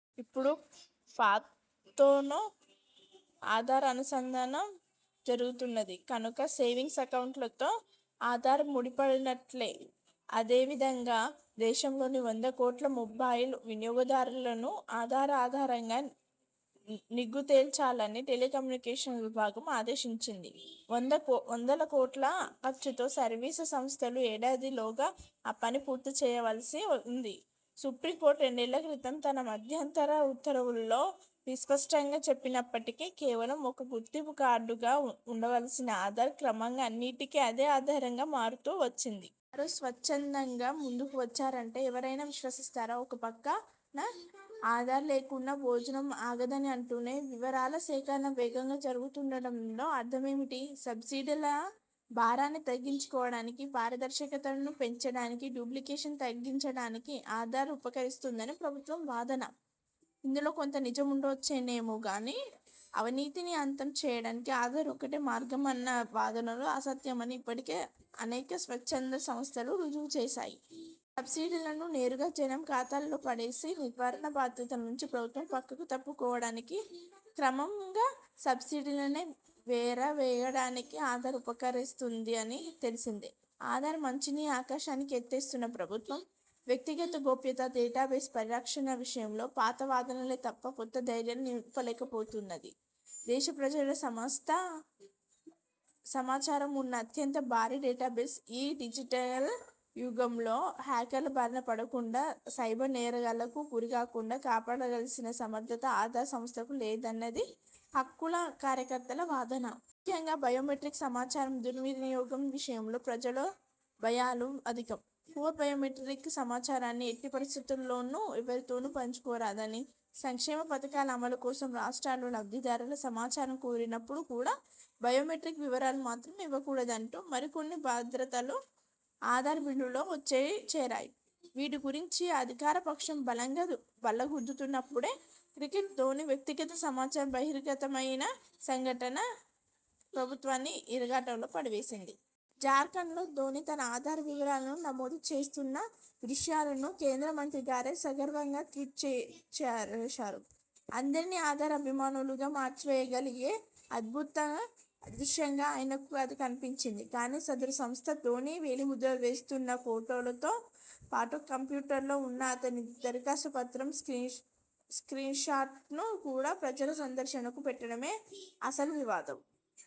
ఇప్పుడు పాన్తో ఆధార్ అనుసంధానం జరుగుతున్నది కనుక సేవింగ్స్ ఎకౌంట్లతో ఆధార్ ముడిపడినట్లే. అదేవి ధంగా, దేశంలోని వందకోట్ల మొబైల్ వినియోగదారులను ఆధార్ ఆధారంగా నిగ్గుతేల్చాలని టెలికమ్యూనికేషన్స్ విభాగం ఆదేశించింది. వందలకోట్ల ఖర్చుతో సర్వీసు సంస్థలు ఏడాదిలోగా ఆ పని పూర్తిచేయవలసి ఉంది. సుప్రీంకోర్టు రెండేళ్ళక్రితం తన మధ్యంతర ఉత్తర్వుల్లో విస్పష్టంగా చెప్పినప్పటికీ, కేవలం ఒక గుర్తింపు కార్డుగా ఉండాల్సిన ఆధార్ క్రమంగా అన్నింటికీ అదే ఆధారంగా మారుతూ వచ్చింది. వారు స్వచ్ఛందంగా ముందుకు వచ్చారంటే ఎవరైనా విశ్వసిస్తారా? ఒకపక్కన ఆధార్ లేకున్నా భోజనం ఆగదని అంటూనే, వివరాల సేకరణ వేగంగా జరుగుతుండటంలో అర్థమేమిటి? సబ్సిడీల భారాన్ని తగ్గించుకోవడానికీ, పారదర్శకతను పెంచడానికీ, డూప్లికేషన్ తగ్గించడానికి ఆధార్ ఉపకరిస్తుందన్నది ప్రభుత్వ వాదన. ఇందులో కొంత నిజం ఉండవచ్చునేమో కానీ, అవినీతిని అంతం చేయడానికి ఆధార్ ఒక్కటే మార్గమన్న వాదనలు అసత్యమని ఇప్పటికే అనేక స్వచ్ఛందసంస్థలు రుజువుచేశాయి. సబ్సిడీలను నేరుగా జనం ఖాతాల్లో పడేసి, నిర్వహణ బాధ్యతలనుంచి ప్రభుత్వం పక్కకు తప్పుకోవడానికీ, క్రమంగా సబ్సిడీలనే ఎరవేయడానికీ ఆధార్ ఉపకరిస్తున్నదని తెలిసిందే. ఆధార్ మంచిని ఆకాశానికి ఎత్తేస్తున్న ప్రభుత్వం, వ్యక్తిగత గోప్యత, డేటాబేస్ పరిరక్షణల విషయంలో పాతవాదనలే తప్ప కొత్త ధైర్యాన్ని నింపలేకపోతున్నది. దేశప్రజల సమస్త సమాచారమూ ఉన్న అత్యంత భారీ డేటాబేస్ ఈ డిజిటల్ యుగంలో హ్యాకర్ల బారినపడకుండా, సైబర్ నేరగాళ్లకు గురికాకుండా కాపాడవలసిన సమర్థత ఆధార్ సంస్థకు లేదన్నది హక్కుల కార్యకర్తల వాదన. ముఖ్యంగా బయోమెట్రిక్ సమాచారం దుర్వినియోగం విషయంలో ప్రజలు భయాలు అధికం. కోర్ బయోమెట్రిక్ సమాచారాన్ని ఎట్టిపరిస్థితుల్లోనూ ఎవరితోనూ పంచుకోరాదనీ, సంక్షేమపథకాల అమలు కోసం రాష్ట్రాలు లబ్ధిదారుల సమాచారం కోరినప్పుడు కూడా బయోమెట్రిక్ వివరాలు మాత్రం ఇవ్వకూడదంటూ మరికొన్ని భద్రతలు ఆధార్ బిల్లులో వచ్చిచేరాయి. వీటి గురించి అధికారపక్షం బలంగా బల్లగుద్దుతున్నప్పుడే, క్రికెట్ ధోనీ వ్యక్తిగత సమాచారం బహిర్గతమైన సంఘటన ప్రభుత్వాన్ని ఇరకాటంలో పడవేసింది. జార్ఖండ్లో ధోనీ తన ఆధార్ వివరాలను నమోదు చేస్తున్న దృశ్యాలను కేంద్రమంత్రిగారే సగర్వంగా ట్వీట్చేశారు. అందరినీ ఆధార్ అభిమానులుగా మార్చివేయగలిగే అద్భుత దృశ్యంగా ఆయనకు అది కనిపించింది. కానీ, సదరు సంస్థ ధోనీ వేలిముద్రలు వేస్తున్న ఫోటోతో పాటు కంప్యూటర్లో ఉన్న అతడి దరఖాస్తు పత్రం స్క్రీన్షాట్ను కూడా ప్రజల సందర్శనకు పెట్టడమే అసలు వివాదం.